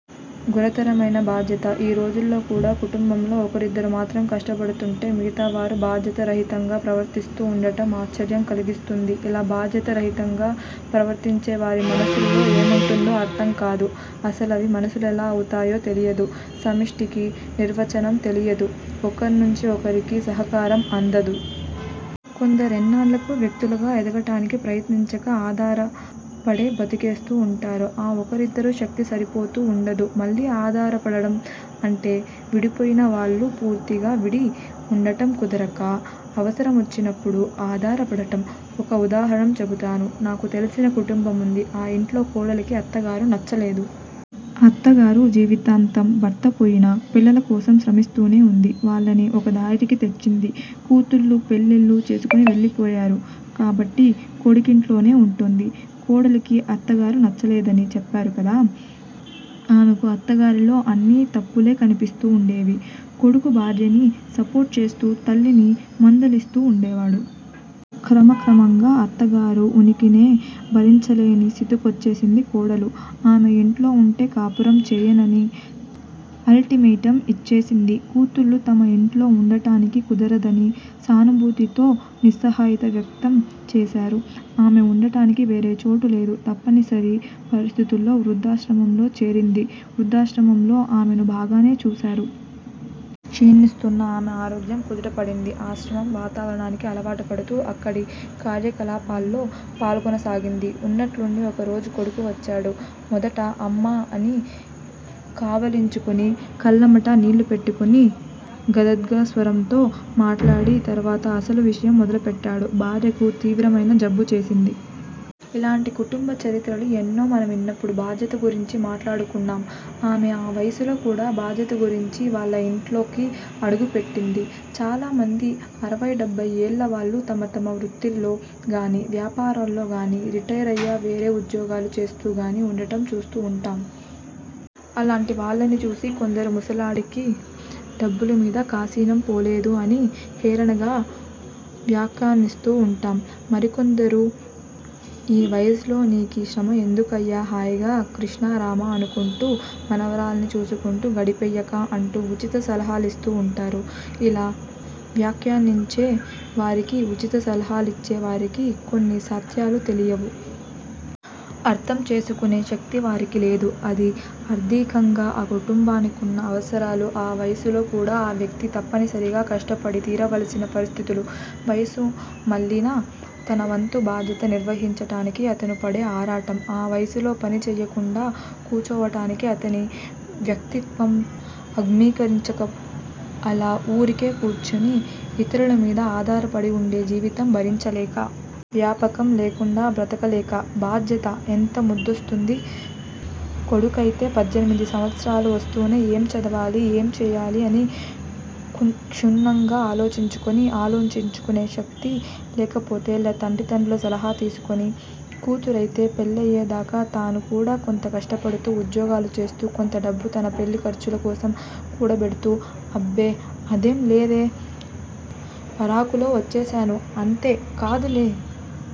గురుతరమైన బాధ్యత. ఈ రోజుల్లో కూడ కుటుంబంలో ఒకరిద్దరు మాత్రం కష్టపడుతూంటే మిగతావారు బాధ్యతా రహితంగా ప్రవర్తిస్తూ వుండటం ఆశ్చర్యం కలిగిస్తుంది. ఇలా బాధ్యతా రహితంగా ప్రవర్తించే వారి మనస్సులో ఏముంటుందో అర్ధం కాదు. అసలవి మనసులెలా అవుతాయో తెలియదు. 'సమిష్టి'కి నిర్వచనం తెలియదు. ఒకర్నుంచి ఒకరికి సహకారం అందదు. కొందరెన్నాళ్ళకూ వ్యక్తులుగా ఎదగటానికి ప్రయత్నించక ఆధారపడే బ్రతికేస్తూ వుంటారు. ఆ ఒకరిద్దరి శక్తి సరిపోతూ వుండదు. మళ్ళీ ఆధారపడడం. అంటే విడిపోయిన వాళ్ళు పూర్తిగా విడి వుండటం కుదరక అవసరమొచ్చినప్పుడు ఆధారపడటం. ఒక ఉదాహరణ చెబుతాను. నాకు తెలిసిన కుటుంబముంది. ఆ యింట్లో కోడలికి అత్తగారు నచ్చలేదు. అత్తగారు జీవితాంతం భర్తపోయినా పిల్లలకోసం శ్రమిస్తూనే వుంది. వాళ్ళని ఒకదారికి తెచ్చింది. కూతుళ్ళు పెళ్ళిళ్ళు చేసుకుని వెళ్ళిపోయారు. కాబట్టి కొడుకింట్లోనే వుంటోంది. కోడలికి అత్తగారు నచ్చలేదని చెప్పారు కదా. ఆమెకు అత్తగారిలో అన్నీ తప్పులే కనిపిస్తూ వుండేవి. కొడుకు భార్యని సపోర్ట్ చేస్తూ తల్లిని మందలిస్తూ వుండేవాడు. క్రమక్రమంగా అత్తగారి ఉనికినే భరించలేని స్థితికొచ్చేసింది కోడలు. ఆమె యింట్లో వుంటే కాపురం చెయ్యనని అల్టిమేటమ్ యిచ్చేసింది. కూతుళ్ళు తమ యింట్లో వుండటానికి కుదరదని సానుభూతితో నిస్సహాయత వ్యక్తం చేశారు. ఆమె వుండటానికి వేరే చోటులేదు. తప్పనిసరి పరిస్థితుల్లో వృద్దాశ్రమంలో చేరింది. వృద్దాశ్రమంలో ఆమెను బాగానే చూశారు. క్షీణిస్తోన్న ఆమె ఆరోగ్యం కుదుటపడింది. ఆశ్రమ వాతావరణానికి అలవాటు పడుతూ అక్కడి కార్యకలాపాల్లో పాల్గొనసాగింది. ఉన్నట్లుండి ఒక రోజు కొడుకు వచ్చాడు. మొదట 'అమ్మా'అని కావలించుకుని, కళ్ళమ్మట నీళ్ళు పెట్టుకుని, గద్గద స్వరంతో మాట్లాడి తర్వాత అసలు విషయం మొదలుపెట్టాడు. భార్యకు తీవ్రమైన జబ్బు చేసింది. ఇలాంటి కుటుంబ చరిత్రలు ఎన్నో. మనమిన్నప్పుడు బాధ్యత గురించి మాట్లాడుకుందాం ఆమె ఆ వయసులో కూడ బాధ్యత గుర్తించి వాళ్ళ ఇంట్లోకి అడుగుపెట్టింది. చాలామంది అరవై, డెబ్బై ఏళ్ల వాళ్ళు తమ తమ వృత్తుల్లో గాని, వ్యాపారాల్లో గాని, రిటైరయా వేరే ఉద్యోగాలు చేస్తూ గాని వుండటం చూస్తూ వుంటాం. అలాంటి వాళ్ళని చూసి కొందరు ముసలాడికి డబ్బులమీద కాసినం పోలేదు అని హేళనగా వ్యాఖ్యానిస్తూ వుంటాం. మరికొందరు, యీ వయసులో నీకీ శ్రమ ఎందుకయ్యా హాయిగా కృష్ణా రామా అనుకుంటూ, మనవరాళ్ళని చూసుకుంటూ గడిపెయ్యక, అంటూ ఉచిత సలహాలిస్తూ వుంటారు. ఇలా వ్యాఖ్యానించే వారికి, ఉచిత సలహాలిచ్చే వారికి కొన్ని సత్యాలు తెలియవు. అర్ధం చేసుకునే శక్తి వారికి లేదు. అది ఆర్ధికంగా ఆ కుటుంబానికున్న అవసరాలు ఆ వయసులో కూడా ఆ వ్యక్తి తప్పనిసరిగా కష్టపడి తీరవలసిన పరిస్థితులు. వయసు మళ్ళినా తన వంతు బాధ్యత నిర్వహించటానికి అతను పడే ఆరాటం. ఆ వయసులో పని చెయ్యకుండా కూచోవటానికి అతని వ్యక్తిత్వం అమ్గీకరించక, అలా వూరికే కూర్చుని యితరుల మీద ఆధారపడి వుండే జీవితం భరించలేక. వ్యాపకం లేకుండా బ్రతకలేక. బాధ్యత! ఎంత ముద్దొస్తుంది? కొడుకైతే పద్దెనిమిది సంవత్సరాలు వస్తూనే ఏం చదవాలి, ఏం చేయాలి అని క్షుణ్ణంగా ఆలోచించుకుని, ఆలోచించుకునే శక్తి లేకపోతే తల్లిదండ్రుల సలహాలు తీసుకుని, కూతురయితే పెళ్ళయేదాకా తాను కూడా కొంత కష్టపడుతూ ఉద్యోగాలు చేస్తూ, కొంత డబ్బు తన పెళ్ళి ఖర్చుల కోసం కూడబెడుతూ. అబ్బే అదేం లేదే? పరాకులో వచ్చేశాను! అంతే! కాదులే!